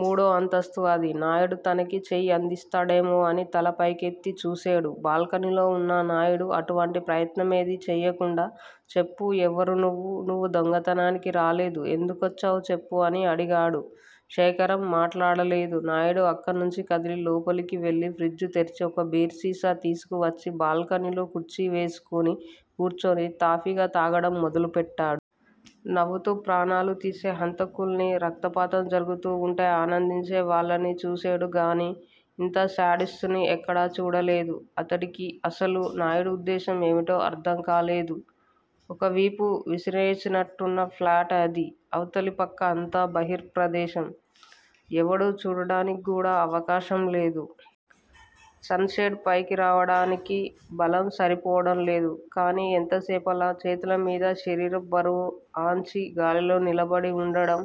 మూడో అంతస్తు అది. నాయుడు తనకి చెయ్యి అందిస్తాడేమో అని తలపైకెత్తి చూసేడు. బాల్కనీలో వున్న నాయుడు అటువంటి ప్రయత్నమేదీ చెయ్యకుండా చెప్పు, ఎవరు నువ్వు? నువ్వు దొంగతనానికి రాలేదు. ఎందుకొచ్చావ్? చెప్పు అని అడిగాడు. శేఖరం మట్లాడలేదు. నాయుడు అక్కణ్నించి కదిలి లోపలికి వెళ్ళి ఫ్రిజ్ తెరిచి ఒక బీరుసీసా తీసుకుని వచ్చి బాల్కనీలో కుర్చీ వేసుకుని కూర్చుని తాపీగా తాగటం మొదలుపెట్టాడు. నవ్వుతూ ప్రాణాలుతీసే హంతకుల్నీ, రక్తపాతం జరుగుతూ వుంటే ఆనందించే వాళ్ళనీ చూసేడు గానీ ఇంత శాడిస్టుని ఎక్కడా చూడలేదు. అతడికి అసలు నాయుడు ఉద్దేశ్యం ఏమిటో అర్థం కాలేదు. ఒకవిపు విసిరేసినట్టున్న ప్లాట్ అది. అవతలి ప్రక్క అంతా బహిర్ ప్రదేశం. ఎవడూ చూడటానికి కూడా అవకాశం లేదు. సన్- షేడ్ పైకి రావటానికి బలం సరిపోవటం లేదు. కానీ ఎంతసేపలా? చేతులమీద శరీరపు బరువు ఆన్చి, గాలిలో నిలబడి వుండడం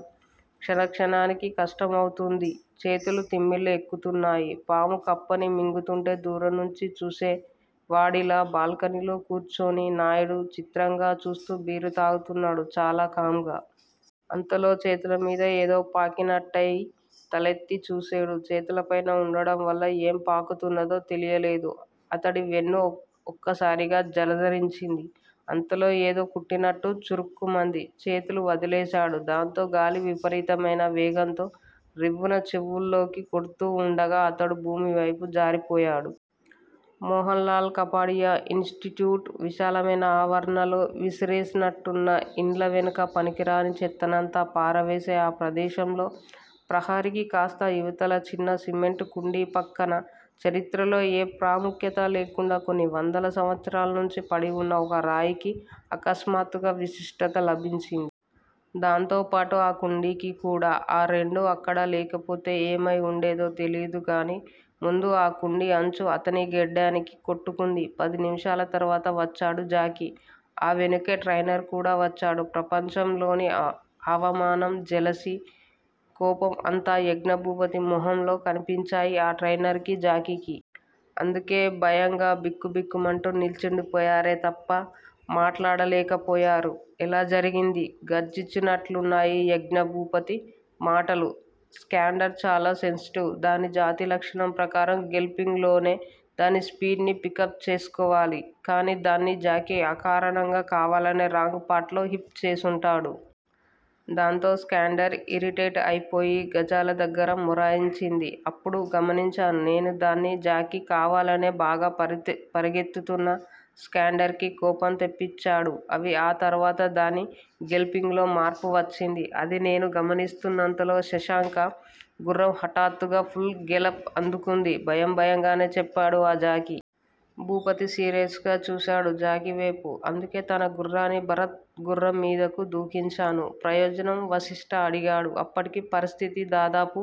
క్షణక్షణానికి కష్టం అవుతూంది. చేతులు తిమ్మిర్లు ఎక్కుతున్నాయి. పాము కప్పని మింగుతూంటే దూరం నుంచి చూసేవాడిలా బాల్కనీలో కూర్చుని నాయుడు చిత్రంగా చూస్తూ బీరు తాగుతున్నాడు- చాలా కామ్ గా. అంతలో చేతులమీద ఏదో పాకినట్టయి తలెత్తి చూసేడు. చేతులు పైన వుండటం వల్ల ఏం పాకుతున్నదో తెలియలేదు. అతడి వెన్ను ఒక్కసారిగా జలదరించింది. అంతలో ఏదో కుట్టినట్టు చురుక్కుమంది. చేతులు వదిలేసాడు. దాంతో గాలి విపరీతమైన వేగంతో రివ్వున చెవుల్లోకి కొడ్తూవుండగా అతడు భూమివైపు జారిపోయాడు. మోహన్ లాల్ కపాడియా ఇన్ స్టిట్యూట్ విశాలమైన ఆవరణలో విసిరేసినట్టున్న ఇళ్ళ వెనుక పనికిరాని చెత్తనంతా పారవేసే ఆ ప్రదేశంలో ప్రహరీకి కాస్త ఇవతల చిన్న సిమెంట్ కుండీపక్కన, చరిత్రలో ఏ ప్రాముఖ్యత లేకుండా కొన్ని వందల సంవత్సరాలనుంచీ పడివున్న ఒక రాయికి అకస్మాత్తుగా విశిష్టత లభించింది. దాంతోపాటూ అ కుండీకి కూడా. ఆ రెండూ అక్కడ లేకపోతే ఏమై వుండేదో తెలీదుగానీ, ముందు ఆ కుండీ అంచు అతని గెడ్డానికి కొట్టుకుంది. పది నిమిషాల తరువాత వచ్చాడు జాకీ. ఆ వెనుకే ట్రైనర్ కూడా వచ్చాడు. ప్రపంచంలోని అవమానం, జెలసీ, కోపం అంతా యజ్ఞభూపతి ముఖంలో కనిపించాయి ఆ ట్రైనర్ కి, జాకీకి. అందుకే భయంగా బిక్కుబిక్కుమంటూ నిల్చుండిపోయారే తప్ప మాట్లాడలేకపోయారు. ఎలా జరిగింది? గర్జించినట్లున్నాయి యజ్ఞభూపతి మాటలు. స్కాండ్రర్ చాల సెన్సిటివ్. దాని జాతిలక్షణం ప్రకారం గెలప్పింగ్ లోనే దాని స్పీడ్ ని పికప్ చేసుకోవాలి. కాని దాన్ని జాకీ అకారణంగా కావాలనే రాంగ్ పార్టులో హిప్ చేసుంటాడు. దాంతో స్కాండ్రర్ ఇరిటేట్ అయిపోయి గజాల దగ్గర మొరాయించింది. అప్పుడు గమనించాను నేను-దాన్ని జాకీ కావాలనే బాగా పరిగెత్తుతున్న స్కాండ్రర్ కి కోపం తెప్పించాడు అవి, ఆ తరువాత దాని గేలప్పింగ్ లో మార్పు వచ్చింది. అది నేను గమనిస్తున్నంతలో శశాంక గుర్రం హఠాత్తుగా పుల్ గేలప్ అందుకుంది భయం భయంగానే చెప్పాడు ఆ జాకీ. భూపతి సీరియస్ గా చూసాడు జాకీవేపు. అందుకే నా గుర్రాన్ని భరత్ గుర్రం మీదకు దూకించాను. ప్రయోజనం వశిష్ట అడిగాడు. అప్పటికి పరిస్థితి దాదాపు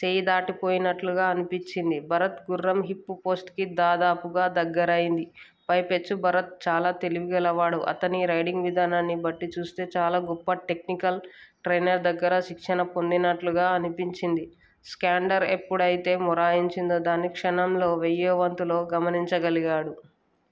చేయిదాటిపోయినట్లుగా అనిపించింది. భరత్ గుర్రం పిప్ పోస్టుకి దాదాపుగా దగ్గరయింది. పై పెచ్చు భరత్ చాలా తెలివిగలవాడు. అతని రైడింగ్ విధానాన్ని బట్టిచూస్తే చాలా గొప్ప టెక్నికల్ ట్రైనర్ దగ్గర శిక్షణ పొందినట్లుగా అనిపించింది. స్కాండ్రర్ ఎప్పుడైతే మొరాయించిందో దాన్ని క్షణంలో వెయ్యోవంతులో గమనించ గలిగాడు.